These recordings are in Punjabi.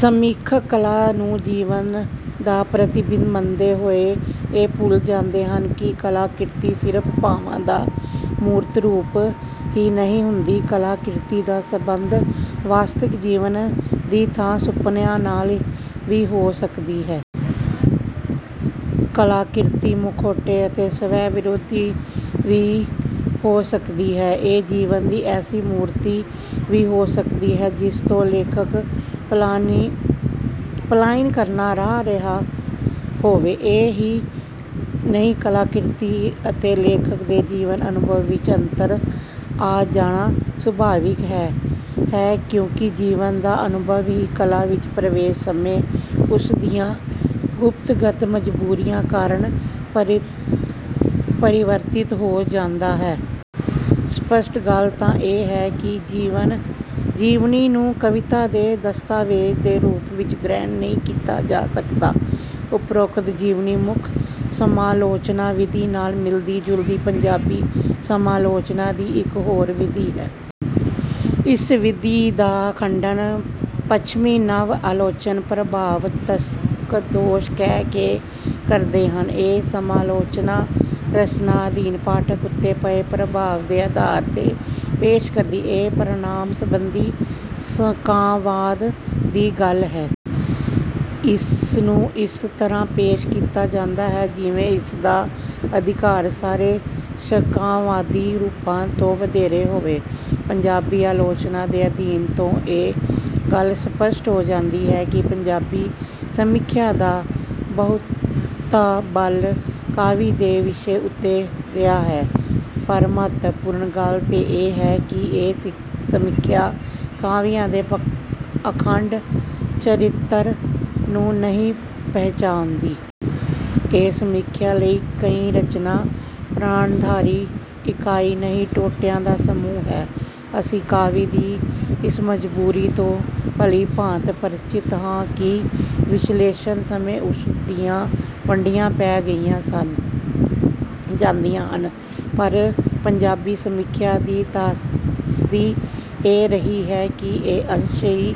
ਸਮੀਖਿਕ ਕਲਾ ਨੂੰ ਜੀਵਨ ਦਾ ਪ੍ਰਤੀਬਿੰਬ ਮੰਨਦੇ ਹੋਏ ਇਹ ਭੁੱਲ ਜਾਂਦੇ ਹਨ ਕਿ ਕਲਾਕਿਰਤ ਸਿਰਫ ਭਾਵਾਂ ਦਾ ਮੂਰਤ ਰੂਪ ਹੀ ਨਹੀਂ ਹੁੰਦੀ। ਕਲਾਕਿਰਤ ਦਾ ਸੰਬੰਧ ਵਾਸਤਵਿਕ ਜੀਵਨ ਦੀ ਥਾਂ ਸੁਪਨੇ ਨਾਲ ਵੀ ਹੋ ਸਕਦੀ ਹੈ। ਕਲਾਕਿਰਤ ਮੁਖੌਟਾ ਅਤੇ ਸਵੈ ਵਿਰੋਧੀ ਵੀ ਹੋ ਸਕਦੀ ਹੈ। ਇਹ ਜੀਵਨ ਦੀ ਐਸੀ ਮੂਰਤੀ ਵੀ ਹੋ ਸਕਦੀ ਹੈ ਜਿਸ ਤੋਂ ਲੇਖਕ ਪਲਾਇਨ ਕਰਨਾ ਚਾਹ ਰਿਹਾ ਹੋਵੇ। ਇਹ ਹੀ ਨਹੀਂ ਕਲਾਕਿਰਤ ਅਤੇ ਲੇਖਕ ਦੇ ਜੀਵਨ ਅਨੁਭਵ ਵਿੱਚ ਅੰਤਰ ਆ ਜਾਣਾ ਸੁਭਾਵਿਕ ਹੀ ਹੈ ਕਿਉਂਕਿ ਜੀਵਨ ਦਾ ਅਨੁਭਵ ਵੀ ਕਲਾ ਵਿੱਚ ਪ੍ਰਵੇਸ਼ ਸਮੇਂ ਉਸ ਦੀਆਂ ਰੂਪਗਤ ਮਜ਼ਬੂਰੀਆਂ ਕਾਰਣ ਪਰਿਵਰਤਿਤ ਹੋ ਜਾਂਦਾ ਹੈ। ਸਪੱਸ਼ਟ ਗੱਲ ਤਾਂ ਇਹ ਹੈ ਕਿ ਜੀਵਨੀ ਨੂੰ ਕਵਿਤਾ ਦੇ ਦਸਤਾਵੇਜ਼ ਦੇ ਰੂਪ ਵਿੱਚ ਗ੍ਰਹਿਣ ਨਹੀਂ ਕੀਤਾ ਜਾ ਸਕਦਾ। ਉਪਰੋਕਤ ਜੀਵਨੀ ਮੁੱਖ ਸਮਾਲੋਚਨਾ ਵਿਧੀ ਨਾਲ ਮਿਲਦੀ ਜੁਲਦੀ ਪੰਜਾਬੀ ਸਮਾਲੋਚਨਾ ਦੀ ਇੱਕ ਹੋਰ ਵਿਧੀ ਵੀ ਹੈ। ਇਸ ਵਿਧੀ ਦਾ ਖੰਡਨ ਪੱਛਮੀ ਨਵ ਆਲੋਚਕ ਪ੍ਰਭਾਵ ਤਰਕਦੋਸ਼ ਕਹਿ ਕੇ ਕਰਦੇ ਹਨ। ਇਹ ਸਮਾਲੋਚਨਾ ਰਚਨਾ ਅਧਿਅਨ ਪਾਠਕ ਉੱਤੇ ਪਏ ਪ੍ਰਭਾਵ ਦੇ ਆਧਾਰ ਤੇ ਪੇਸ਼ ਕਰਦੀ ਹੈ। ਇਹ ਪ੍ਰਮਾਣ ਸੰਬੰਧੀ ਸ਼ੰਕਾਵਾਦ ਦੀ ਗੱਲ ਹੈ। ਇਸ ਨੂੰ ਇਸ ਤਰ੍ਹਾਂ ਪੇਸ਼ ਕੀਤਾ ਜਾਂਦਾ ਹੈ ਜਿਵੇਂ ਇਸ ਦਾ ਅਧਿਕਾਰ ਸਾਰੇ ਸ਼ੰਕਾਵਾਦੀ ਰੂਪਾਂ ਤੋਂ ਵਧੇਰੇ ਹੋਵੇ। ਪੰਜਾਬੀ ਆਲੋਚਨਾ ਦੇ ਅਧਿਅਨ ਤੋਂ ਇਹ ਗੱਲ ਸਪੱਸ਼ਟ ਹੋ ਜਾਂਦੀ ਹੈ ਕਿ ਪੰਜਾਬੀ ਸਮੀਖਿਆ ਦਾ ਬਹੁਤਾ ਬਲ ਕਾਵਿ ਦੇ ਵਿਸ਼ੇ ਉੱਤੇ ਰਿਹਾ ਹੈ ਪਰ ਮਹੱਤਵਪੂਰਨ ਗੱਲ ਤੇ ਇਹ ਹੈ ਕਿ ਇਹ ਸਮੀਖਿਆ ਕਾਵਿ ਦੇ ਅਖੰਡ ਚਰਿਤਰ ਨੂੰ ਨਹੀਂ ਪਹਿਚਾਣਦੀ। ਇਸ ਸਮੀਖਿਆ ਲਈ ਕਵੀ ਰਚਨਾ ਪ੍ਰਾਣਾਧਾਰੀ ਇੱਕਾਈ ਨਹੀਂ ਟੋਟਿਆਂ ਦਾ ਸਮੂਹ ਹੈ। ਅਸੀਂ ਕਾਵਿ ਦੀ ਇਸ ਮਜ਼ਬੂਰੀ ਤੋਂ ਭਲੀ ਭਾਂਤ ਪਰਿਚਤ ਹਾਂ ਕਿ ਵਿਸ਼ਲੇਸ਼ਨ ਸਮੇਂ ਉਸ ਦੀਆਂ ਵੰਡੀਆਂ ਪੈ ਹੀ ਜਾਂਦੀਆਂ ਹਨ ਪਰ ਪੰਜਾਬੀ ਸਮੀਖਿਆ ਦੀ ਤ੍ਰਾਸਦੀ ਇਹ ਰਹੀ ਹੈ ਕਿ ਇਹ ਅੰਸ਼ ਨੂੰ ਹੀ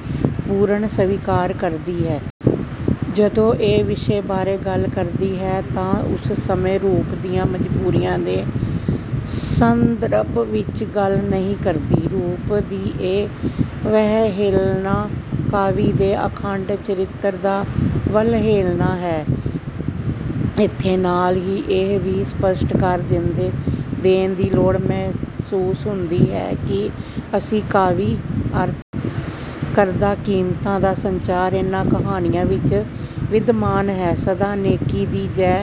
ਪੂਰਨ ਸਵੀਕਾਰ ਕਰਦੀ ਰਹੀ ਹੈ। ਜਦੋਂ ਇਹ ਵਿਸ਼ੇ ਬਾਰੇ ਗੱਲ ਕਰਦੀ ਹੈ ਤਾਂ ਉਸ ਸਮੇਂ ਰੂਪ ਦੀਆਂ ਮਜ਼ਬੂਰੀਆਂ ਦੇ ਸੰਦਰਭ ਵਿੱਚ ਗੱਲ ਨਹੀਂ ਕਰਦੀ। ਰੂਪ ਦੀ ਇਹ ਅਵਹੇਲਨਾ ਕਾਵਿ ਦੇ ਅਖੰਡ ਚਰਿਤਰ ਦੀ ਅਵਹੇਲਨਾ ਹੈ। ਇੱਥੇ ਨਾਲ ਹੀ ਇਹ ਵੀ ਸਪੱਸ਼ਟ ਕਰ ਦੇਣ ਦੀ ਲੋੜ ਮਹਿਸੂਸ ਹੁੰਦੀ ਹੈ ਕਿ ਅਸੀਂ ਕਾਵਿ ਅਰਥ। ਕਰਦਾ ਕੀਮਤਾਂ ਦਾ ਸੰਚਾਰ ਇਨ੍ਹਾਂ ਕਹਾਣੀਆਂ ਵਿੱਚ ਵਿਦਮਾਨ ਹੈ। ਸਦਾ ਨੇਕੀ ਦੀ ਜੈ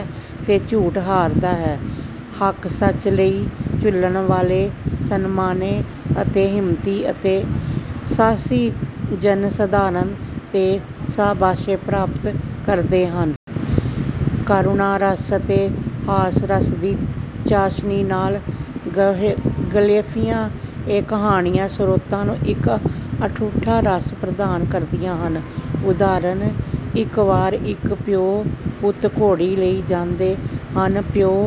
ਤੇ ਝੂਠ ਹਾਰਦਾ ਹੈ। ਹੱਕ ਸੱਚ ਲਈ ਜੂਝਣ ਵਾਲੇ ਸਨਮਾਨੇ ਅਤੇ ਹਿੰਮਤੀ ਅਤੇ ਸਾਹਸੀ ਜਨਸਧਾਰਨ ਤੋਂ ਸ਼ਾਬਾਸ਼ੇ ਪ੍ਰਾਪਤ ਕਰਦੇ ਹਨ। ਕਰੁਣਾ ਰਸ ਅਤੇ ਹਾਸ ਰਸ ਦੀ ਚਾਸ਼ਨੀ ਨਾਲ ਗਲੇਫੀਆਂ ਇਹ ਕਹਾਣੀਆਂ ਸਰੋਤਾ ਨੂੰ ਇੱਕ ਅਠੂਠਾ ਰਸ ਪ੍ਰਦਾਨ ਕਰਦੀਆਂ ਹਨ। ਉਦਾਹਰਣ ਇੱਕ ਵਾਰ ਇੱਕ ਪਿਉ ਪੁੱਤ ਘੋੜੀ ਲਈ ਜਾਂਦੇ ਹਨ। ਪਿਓ